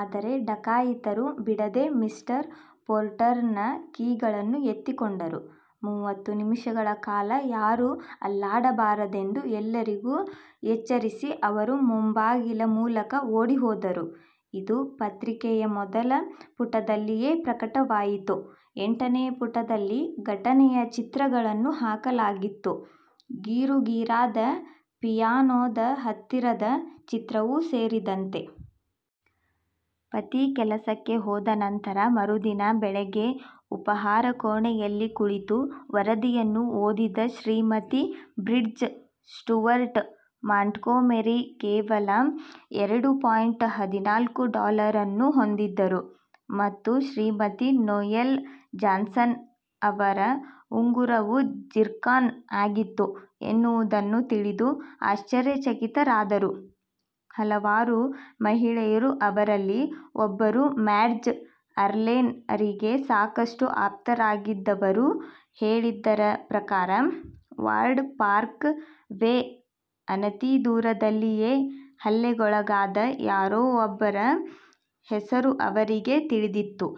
ಆದರೆ ಡಕಾಯಿತರು ಬಿಡದೆ mister Porter ನ ಕೀಗಳನ್ನು ಎತ್ತಿಕೊಂಡರು. ಮೂವತ್ತು ನಿಮಿಷಗಳ ಕಾಲ ಯಾರೂ ಅಲ್ಲಾಡಬಾರದೆಂದು ಎಲ್ಲರಿಗೂ ಎಚ್ಚರಿಸಿ ಅವರು ಮುಂಬಾಗಿಲ ಮೂಲಕ ಓಡಿಹೋದರು. ಇದು ಪತ್ರಿಕೆಯ ಮೊದಲ ಪುಟದಲ್ಲಿಯೇ ಪ್ರಕಟವಾಯಿತು. ಎಂಟನೇ ಪುಟದಲ್ಲಿ ಘಟನೆಯ ಚಿತ್ರಗಳನ್ನು ಹಾಕಲಾಗಿತ್ತು. ಗೀರುಗೀರಾದ ಪಿಯಾನೋದ ಹತ್ತಿರದ ಚಿತ್ರವೂ ಸೇರಿದಂತೆ. ಪತಿ ಕೆಲಸಕ್ಕೆ ಹೋದ ನಂತರ ಮರುದಿನ ಬೆಳಿಗ್ಗೆ ಉಪಾಹಾರ ಕೋಣೆಯಲ್ಲಿ ಕುಳಿತು ವರದಿಯನ್ನು ಓದಿದ ಶ್ರೀಮತಿ ಬ್ರಿಡ್ಜ್, ಸ್ಟುವರ್ಟ್ ಮಾಂಟ್ಗೊಮೆರಿ ಕೇವಲ ಎರಡು ಪಾಯಿಂಟ್ ಹದಿನಾಲ್ಕು ಡಾಲರನ್ನು ಹೊಂದಿದ್ದರು ಮತ್ತು ಶ್ರೀಮತಿ ನೋಯೆಲ್ ಜಾನ್ಸನ್ ಅವರ ಉಂಗುರವು ಜಿರ್ಕಾನ್ ಆಗಿತ್ತು ಎನ್ನುವುದನ್ನು ತಿಳಿದು ಆಶ್ಚರ್ಯಚಕಿತರಾದರು. ಹಲವಾರು ಮಹಿಳೆಯರು, ಅವರಲ್ಲಿ ಒಬ್ಬರು ಮ್ಯಾಡ್ಜ್ ಅರ್ಲೆನ್ ರಿಗೆ ಸಾಕಷ್ಟು ಆಪ್ತರಾಗಿದ್ದವರು ಹೇಳಿದ್ದರ ಪ್ರಕಾರ ವಾರ್ಡ್ ಪಾರ್ಕ್ ವೇ ಅನತಿದೂರದಲ್ಲಿಯೇ ಹಲ್ಲೆಗೊಳಗಾದ ಯಾರೋ ಒಬ್ಬರ ಹೆಸರು ಅವರಿಗೆ ತಿಳಿದಿತ್ತು.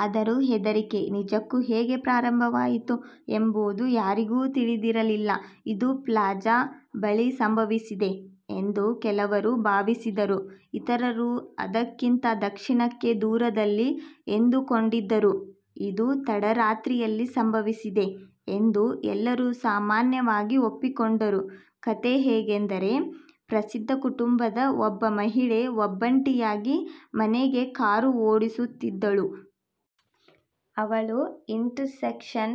ಆದರೂ ಹೆದರಿಕೆ ನಿಜಕ್ಕೂ ಹೇಗೆ ಪ್ರಾರಂಭವಾಯಿತು ಎಂಬುದು ಯಾರಿಗೂ ತಿಳಿದಿರಲಿಲ್ಲ. ಇದು ಪ್ಲಾಜಾ ಬಳಿ ಸಂಭವಿಸಿದೆ ಎಂದು ಕೆಲವರು ಭಾವಿಸಿದರು, ಇತರರು ಅದಕ್ಕಿಂತ ದಕ್ಷಿಣಕ್ಕೆ ದೂರದಲ್ಲಿ ಎಂದುಕೊಂಡಿದ್ದರು ಇದು ತಡರಾತ್ರಿಯಲ್ಲಿ ಸಂಭವಿಸಿದೆ ಎಂದು ಎಲ್ಲರೂ ಸಾಮಾನ್ಯವಾಗಿ ಒಪ್ಪಿಕೊಂಡರು. ಕಥೆ ಹೇಗೆಂದರೆ, ಪ್ರಸಿದ್ಧ ಕುಟುಂಬದ ಒಬ್ಬ ಮಹಿಳೆ ಒಬ್ಬಂಟಿಯಾಗಿ ಮನೆಗೆ ಕಾರು ಓಡಿಸುತ್ತಿದ್ದಳು. ಅವಳು ಇಂಟರ್ಸೆಕ್ಷನ್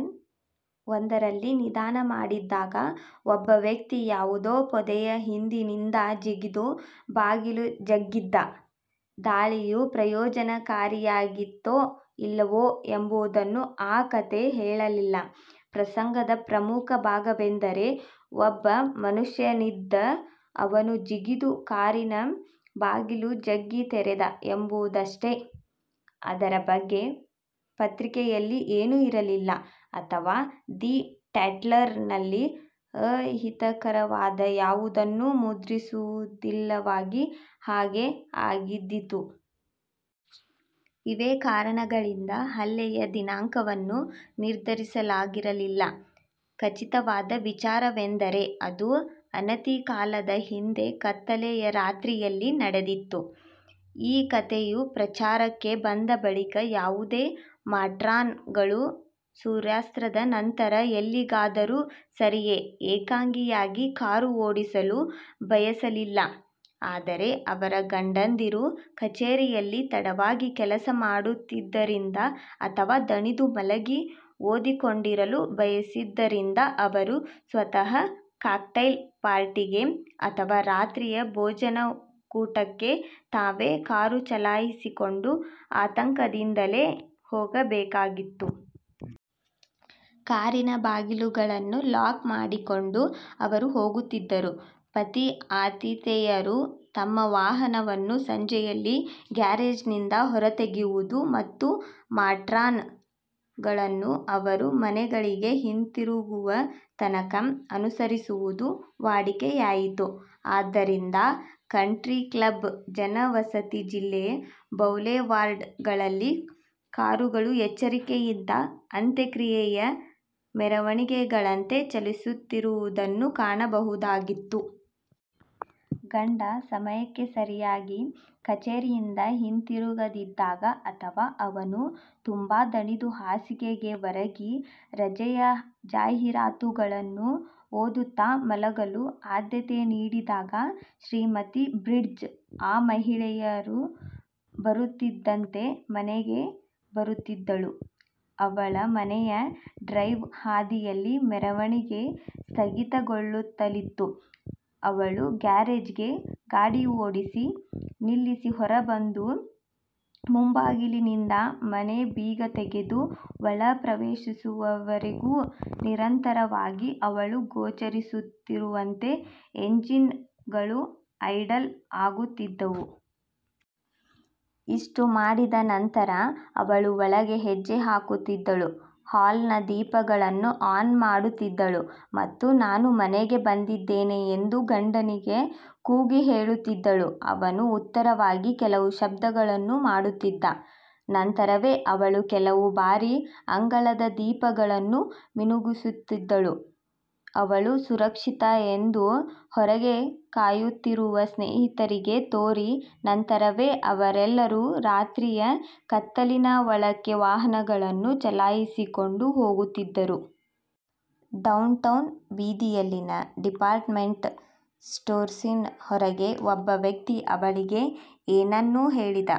ಒಂದರಲ್ಲಿ ನಿಧಾನ ಮಾಡಿದ್ದಾಗ ಒಬ್ಬ ವ್ಯಕ್ತಿ ಯಾವುದೋ ಪೊದೆಯ ಹಿಂದಿನಿಂದ ಜಿಗಿದು ಬಾಗಿಲು ಜಗ್ಗಿದ್ದ. ದಾಳಿಯು ಪ್ರಯೋಜನಕಾರಿಯಾಗಿತ್ತೋ ಇಲ್ಲವೋ ಎಂಬುದನ್ನು ಆ ಕಥೆ ಹೇಳಲಿಲ್ಲ. ಪ್ರಸಂಗದ ಪ್ರಮುಖ ಭಾಗವೆಂದರೆ ಒಬ್ಬ ಮನುಷ್ಯನಿದ್ದ, ಅವನು ಜಿಗಿದು ಕಾರಿನ ಬಾಗಿಲು ಜಗ್ಗಿ ತೆರೆದ ಎಂಬುದಷ್ಟೇ. ಅದರ ಬಗ್ಗೆ ಪತ್ರಿಕೆಯಲ್ಲಿ ಏನೂ ಇರಲಿಲ್ಲ, ಅಥವಾ ದಿ ಟ್ಯಾಟ್ಲರ್ ನಲ್ಲಿ ಅಹಿತಕರವಾದ ಯಾವುದನ್ನೂ ಮುದ್ರಿಸುವುದಿಲ್ಲವಾಗಿ ಹಾಗೆ ಆಗಿದ್ದೀತು. ಇವೇ ಕಾರಣಗಳಿಂದ ಹಲ್ಲೆಯ ದಿನಾಂಕವನ್ನು ನಿರ್ಧರಿಸಲಾಗಿರಲಿಲ್ಲ. ಖಚಿತವಾದ ವಿಚಾರವೆಂದರೆ ಅದು ಅನತಿಕಾಲದ ಹಿಂದೆ ಕತ್ತಲೆಯ ರಾತ್ರಿಯಲ್ಲಿ ನಡೆದಿತ್ತು. ಈ ಕಥೆಯು ಪ್ರಚಾರಕ್ಕೆ ಬಂದ ಬಳಿಕ ಯಾವುದೇ ಮಾಟ್ರಾನ್ ಗಳು ಸೂರ್ಯಾಸ್ತದ ನಂತರ ಎಲ್ಲಿಗಾದರೂ ಸರಿಯೆ ಏಕಾಂಗಿಯಾಗಿ ಕಾರು ಓಡಿಸಲು ಬಯಸಲಿಲ್ಲ. ಅದರೆ ಅವರ ಗಂಡಂದಿರು ಕಚೇರಿಯಲ್ಲಿ ತಡವಾಗಿ ಕೆಲಸ ಮಾಡುತ್ತಿದ್ದರಿಂದ ಅಥವಾ ದಣಿದು ಮಲಗಿ ಓದಿಕೊಂಡಿರಲು ಬಯಸಿದ್ದರಿಂದ ಅವರು ಸ್ವತಃ ಕಾಕ್ಟೈಲ್ ಪಾರ್ಟಿಗೆ ಅಥವಾ ರಾತ್ರಿಯ ಭೋಜನ ಕೂಟಕ್ಕೆ ತಾವೇ ಕಾರು ಚಲಾಯಿಸಿಕೊಂಡು ಆತಂಕದಿಂದಲೇ ಹೋಗಬೇಕಾಗಿತ್ತು. ಕಾರಿನ ಬಾಗಿಲುಗಳನ್ನು ಲಾಕ್ ಮಾಡಿಕೊಂಡು ಅವರು ಹೋಗುತ್ತಿದ್ದರು. ಪತಿ-ಆತಿಥೇಯರು ತಮ್ಮ ವಾಹನವನ್ನು ಸಂಜೆಯಲ್ಲಿ ಗ್ಯಾರೇಜ್ ನಿಂದ ಹೊರತೆಗೆಯುವುದು ಮತ್ತು ಮಾಟ್ರಾನ್ ಗಳನ್ನು ಅವರು ಮನೆಗಳಿಗೆ ಹಿಂತಿರುಗುವ ತನಕ ಅನುಸರಿಸುವುದು ವಾಡಿಕೆಯಾಯಿತು. ಆದ್ದರಿಂದ ಕಂಟ್ರಿ ಕ್ಲಬ್ ಜನವಸತಿ ಜಿಲ್ಲೆಯ ಬೌಲೆವಾರ್ಡ್ ಗಳಲ್ಲಿ ಕಾರುಗಳು ಎಚ್ಚರಿಕೆಯಿಂದ ಅಂತ್ಯಕ್ರಿಯೆಯ ಮೆರವಣಿಗೆಗಳಂತೆ ಚಲಿಸುತ್ತಿರುವುದನ್ನು ಕಾಣಬಹುದಾಗಿತ್ತು. ಗಂಡ ಸಮಯಕ್ಕೆ ಸರಿಯಾಗಿ ಕಚೇರಿಯಿಂದ ಹಿಂತಿರುಗದಿದ್ದಾಗ, ಅಥವಾ ಅವನು ತುಂಬಾ ದಣಿದು ಹಾಸಿಗೆಗೆ ಒರಗಿ ರಜೆಯ ಜಾಹೀರಾತುಗಳನ್ನು ಓದುತ್ತ ಮಲಗಲು ಆದ್ಯತೆ ನೀಡಿದಾಗ ಶ್ರೀಮತಿ ಬ್ರಿಡ್ಜ್ ಆ ಮಹಿಳೆಯರು ಬರುತ್ತಿದ್ದಂತೆ ಮನೆಗೆ ಬರುತ್ತಿದ್ದಳು. ಅವಳ ಮನೆಯ ಡ್ರೈವ್ ಹಾದಿಯಲ್ಲಿ ಮೆರವಣಿಗೆ ಸ್ಥಗಿತಗೊಳ್ಳುತ್ತಲಿತ್ತು. ಅವಳು ಗ್ಯಾರೇಜ್ ಗೆ ಗಾಡಿ ಓಡಿಸಿ, ನಿಲ್ಲಿಸಿ ಹೊರಬಂದು ಮುಂಬಾಗಿಲಿನಿಂದ ಮನೆ ಬೀಗ ತೆಗೆದು ಒಳಪ್ರವೇಶಿಸುವವರೆಗೂ ನಿರಂತರವಾಗಿ ಅವಳು ಗೋಚರಿಸುತ್ತಿರುವಂತೆ ಎಂಜಿನ್ ಗಳು ಐಡಲ್ ಆಗುತ್ತಿದ್ದವು. ಇಷ್ಟು ಮಾಡಿದ ನಂತರ ಅವಳು ಒಳಗೆ ಹೆಜ್ಜೆ ಹಾಕುತ್ತಿದ್ದಳು. ಹಾಲ್ ನ ದೀಪಗಳನ್ನು ಆನ್ ಮಾಡುತ್ತಿದ್ದಳು ಮತ್ತು "ನಾನು ಮನೆಗೆ ಬಂದಿದ್ದೇನೆ" ಎಂದು ಗಂಡನಿಗೆ ಕೂಗಿ ಹೇಳುತ್ತಿದ್ದಳು. ಅವನು ಉತ್ತರವಾಗಿ ಕೆಲವು ಶಬ್ದಗಳನ್ನು ಮಾಡುತ್ತಿದ್ದ. ನಂತರವೇ ಅವಳು ಕೆಲವು ಬಾರಿ ಅಂಗಳದ ದೀಪಗಳನ್ನು ಮಿನುಗಿಸುತ್ತಿದ್ದಳು. ಅವಳು ಸುರಕ್ಷಿತ ಎಂದು ಹೊರಗೆ ಕಾಯುತ್ತಿರುವ ಸ್ನೇಹಿತರಿಗೆ ತೋರಿ, ನಂತರವೇ ಅವರೆಲ್ಲರೂ ರಾತ್ರಿಯ ಕತ್ತಲಿನ ಒಳಕ್ಕೆ ವಾಹನಗಳನ್ನು ಚಲಾಯಿಸಿಕೊಂಡು ಹೋಗುತ್ತಿದ್ದರು. ಡೌನ್ಟೌನ್ ಬೀದಿಯಲ್ಲಿನ ಡಿಪಾರ್ಟ್ಮೆಂಟ್ ಸ್ಟೋರ್ಸಿನ ಹೊರಗೆ ಒಬ್ಬ ವ್ಯಕ್ತಿ ಅವಳಿಗೆ ಏನನ್ನೋ ಹೇಳಿದ.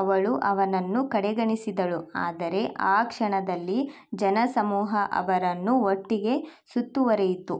ಅವಳು ಅವನನ್ನು ಕಡೆಗಣಿಸಿದಳು. ಆದರೆ ಆ ಕ್ಷಣದಲ್ಲಿ ಜನಸಮೂಹ ಅವರನ್ನು ಒಟ್ಟಿಗೆ ಸುತ್ತುವರಿಯಿತು.